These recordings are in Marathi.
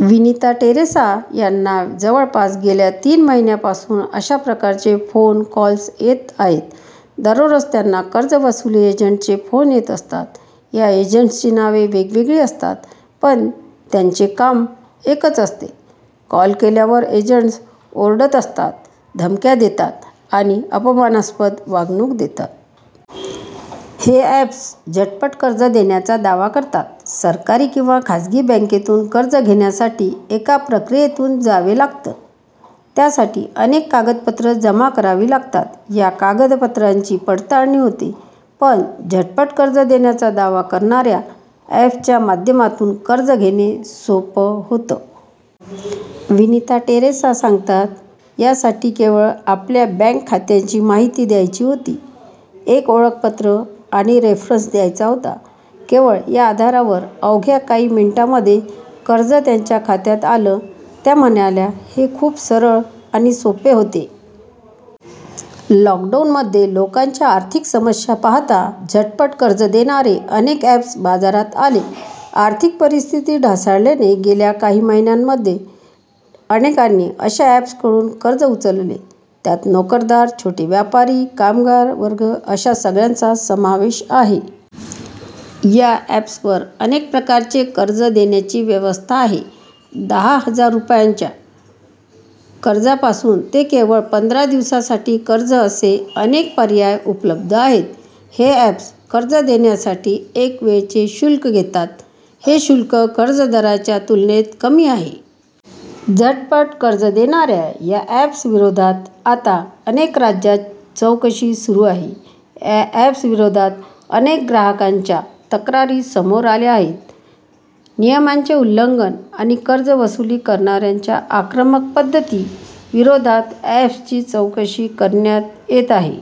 विनिता टेरेसा यांना जवळपास गेल्या तीन महिन्यांपासून अशाप्रकारचे फोन कॉल्स येत आहेत. दररोज त्यांना कर्ज वसुली एजंटचे फोन येत असतात. या एजंट्सची नावे वेगवेगळी असतात पण त्यांचे काम एकच असते. कॉल केल्यावर एजंट्स ओरडत असतात, धमक्या देतात आणि अपमानास्पद वागणूक देतात. हे अँप्स झटपट कर्ज देण्याचा दावा करतात. सरकारी किंवा खासगी बँकेतून कर्ज घेण्यासाठी एका प्रक्रियेतून जावे लागते. त्यासाठी अनेक कागदपत्र जमा करावी लागतात. या कागदपत्रांची पडताळणी होते. पण झटपट कर्ज देण्याचा दावा करणाऱ्या अँप्सच्या माध्यमातून कर्ज घेणे सोपं होतं. विनिता टेरेसा सांगतात, यासाठी केवळ आपल्या बँक खात्याची माहिती द्यायची होती. एक ओळखपत्र आणि रेफरन्स द्यायचा होता. केवळ या आधारावर अवघ्या काही मिनिटांमध्ये कर्ज त्यांच्या खात्यात आल. त्या म्हणाल्या, हे खूप सरळ आणि सोपे होते. लॉकडॉऊनमध्ये लोकांच्या आर्थिक समस्या पाहता झटपट कर्ज देणारे अनेक अँप्स बाजारात आले. आर्थिक परिस्थिती ढासळल्याने गेल्या काही महिन्यांमध्ये अनेकांनी अशा अँप्सकडून कर्ज उचलले. त्यात नोकरदार, छोटे व्यापारी, कामगार वर्ग अशा सगळ्यांचा समावेश आहे. या अँप्सवर अनेक प्रकारचे कर्ज देण्याची व्यवस्था आहे. दहा हजार रुपयांच्या कर्जापासून ते केवळ पंधरा दिवसांसाठी कर्ज, असे अनेक पर्याय उपलब्ध आहेत. हे अँप्स कर्ज देण्यासाठी एक वेळचे शुल्क घेतात. हे शुल्क कर्ज दराच्या तुलनेत कमी आहे. झटपट कर्ज देणाऱ्या या अँप्स विरोधात आता अनेक राज्यांत चौकशी सुरू आहे. या अँप्स विरोधात अनेक ग्राहकांच्या तक्रारी समोर आल्या आहेत. नियमांचे उल्लंघन आणि कर्ज वसूल करणाऱ्यांचे आक्रमक पद्धती विरोधात अँप्सची चौकशी करण्यात येत आहे.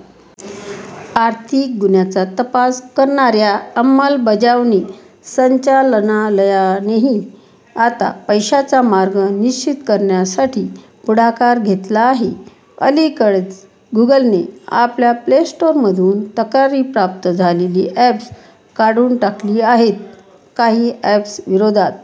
आर्थिक गुन्ह्यांचा तपास करणाऱ्या अंमलबजावणी संचालनालयानेही आता पैशाचा मार्ग निश्चित करण्यासाठी पुढाकार घेतला आहे. अलीकडेच गुगलने आपल्या प्लेस्टोअरमधून तक्रारी प्राप्त झालेली अँप्स काढून टाकली आहेत. काही अँप्स विरोधात